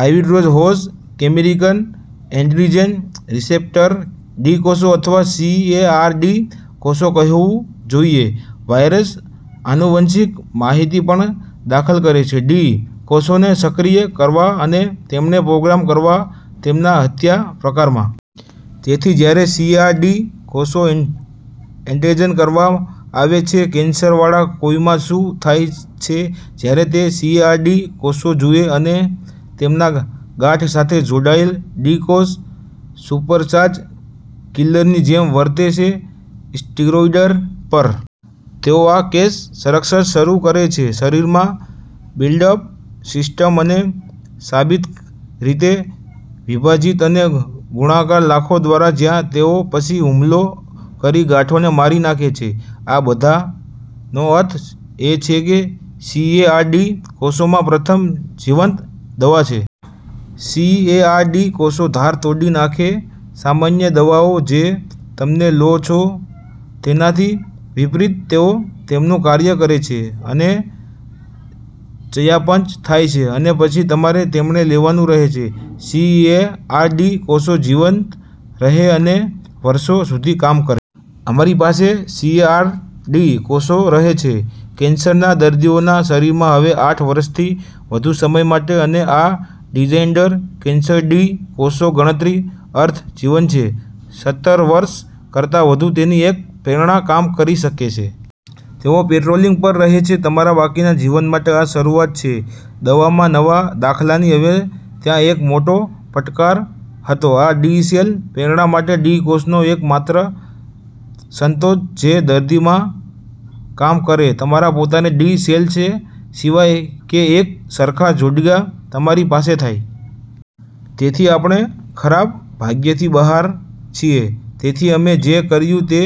આય વી Trojan horse "chimeric antigen", "receptor T કોષો" અથવા સીએઆર ટી કોષો કહેવાવું જોઈએ. વાયરસ આનુવંશિક માહિતી પણ દાખલ કરે છે ટી કોષોને સક્રિય કરવા અને તેમને પ્રોગ્રામ કરવા તેમના હત્યા પ્રકારમાં. તેથી, જ્યારે સીએઆર ટી કોષો ઇન્જેક્ટ કરવામાં આવે છે કેન્સરવાળા કોઈમાં, શું થાય છે જ્યારે તે સીએઆર ટી કોષો જુએ અને તેમના ગાંઠ સાથે જોડાય ટી કોષો સુપરચાર્જ્ડ કિલરની જેમ વર્તે છે સ્ટીરોઇડ્સ પર. તેઓ આ ક્રેશ-સંરક્ષણ શરૂ કરે છે શરીરમાં બિલ્ડઅપ સિસ્ટમ અને શાબ્દિક રીતે વિભાજીત અને ગુણાકાર લાખો દ્વારા જ્યાં તેઓ પછી હુમલો કરી ગાંઠને મારી નાખે છે. આ બધાનો અર્થ એ છે કે સીએઆર ટી કોષોમાં પ્રથમ જીવંત દવા છે. સીએઆર ટી કોષો ઘાટ તોડી નાખે. સામાન્ય દવાઓ જે તમે લો છો તેનાથી વિપરીત તેઓ તેમનું કાર્ય કરે છે અને ચયાપચય થાય છે અને પછી તમારે તેમને લેવાનું રહેશે. સીએઆર ટી કોષો જીવંત રહે છે અને વર્ષો સુધી કામ કરે. અમારી પાસે સીએઆર ટી કોષો રહે છે કેન્સરના દર્દીઓના શરીરમાં હવે આઠ વર્ષથી વધુ સમય માટે. અને આ ડિઝાઇનર કેન્સર ટી કોષો ગણતરી અર્ધ જીવન છે સત્તર વર્ષ કરતાં વધુ. તેથી એક પ્રેરણા કામ કરી શકે છે. તેઓ પેટ્રોલીંગ પર રહે છે તમારા બાકીના જીવન માટે. આ શરૂઆત છે દવામાં નવા દાખલાની. હવે, ત્યાં એક મોટો પડકાર હતો આ ટી-સેલ પ્રેરણા માટે. ટી કોષોનો એક માત્ર સ્રોત જે દર્દીમાં કામ કરશે તમારા પોતાના ટી સેલ છે સિવાય કે એક સરખા જોડિયા તમારી પાસે થાય. તેથી આપણે ખરાબ ભાગ્યથી બહાર છીએ. તેથી અમે જે કર્યું તે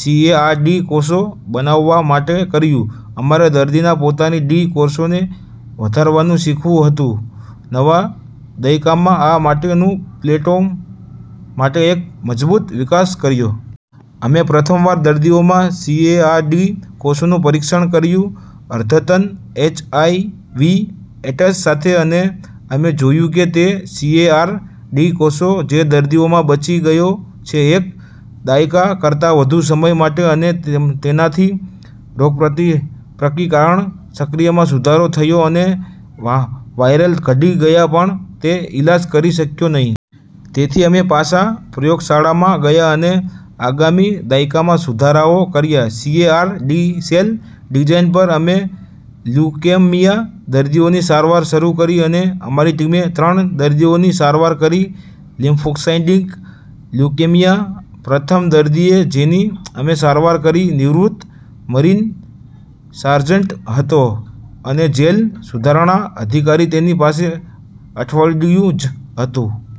સીએઆર ટી કોષો બનાવવા માટે કર્યું. અમારે દર્દીના પોતાના ટી કોષોને વધારવાનું શીખવું હતું. નવા દયકામાં આ માટેનું પ્લેટૉર્મ માટે એક મજબૂત વિકાસ કર્યો. અમે પ્રથમ વાર દર્દીઓમાં સીએઆર ટી કોષોનું પરીક્ષણ કર્યું અદ્યતન એચઆયવી એડ્સ સાથે અને અમે જોયું કે તે સીએઆર ટી કોષો જે દર્દીઓમાં બચી ગયા છે એક દાયકા કરતાં વધુ સમય માટે. અને તેનાથી રોગપ્રતિકારક શક્તિમાં સુધારો થયો અને વાયરસ ઘટી ગયા પણ તે ઇલાજ કરી શક્યો નહીં. તેથી અમે પાછા પ્રયોગશાળામાં ગયા અને આગામી દાયકામાં સુધારાઓ કર્યા સીએઆર ટી સેલ ડિઝાઇન પર. અમે લ્યુકેમિયા દર્દીઓની સારવાર શરૂ કરી અને અમારી ટીમે ત્રણ દર્દીઓની સારવાર કરી લિમ્ફોસાઇટિક લ્યુકેમિયા. પ્રથમ દર્દી કે જેની અમે સારવાર કરી નિવૃત્ત મરીન સાર્જન્ટ હતો અને જેલ સુધારણા અધિકારી તેની પાસે અઠવાડિયુ જ હતું.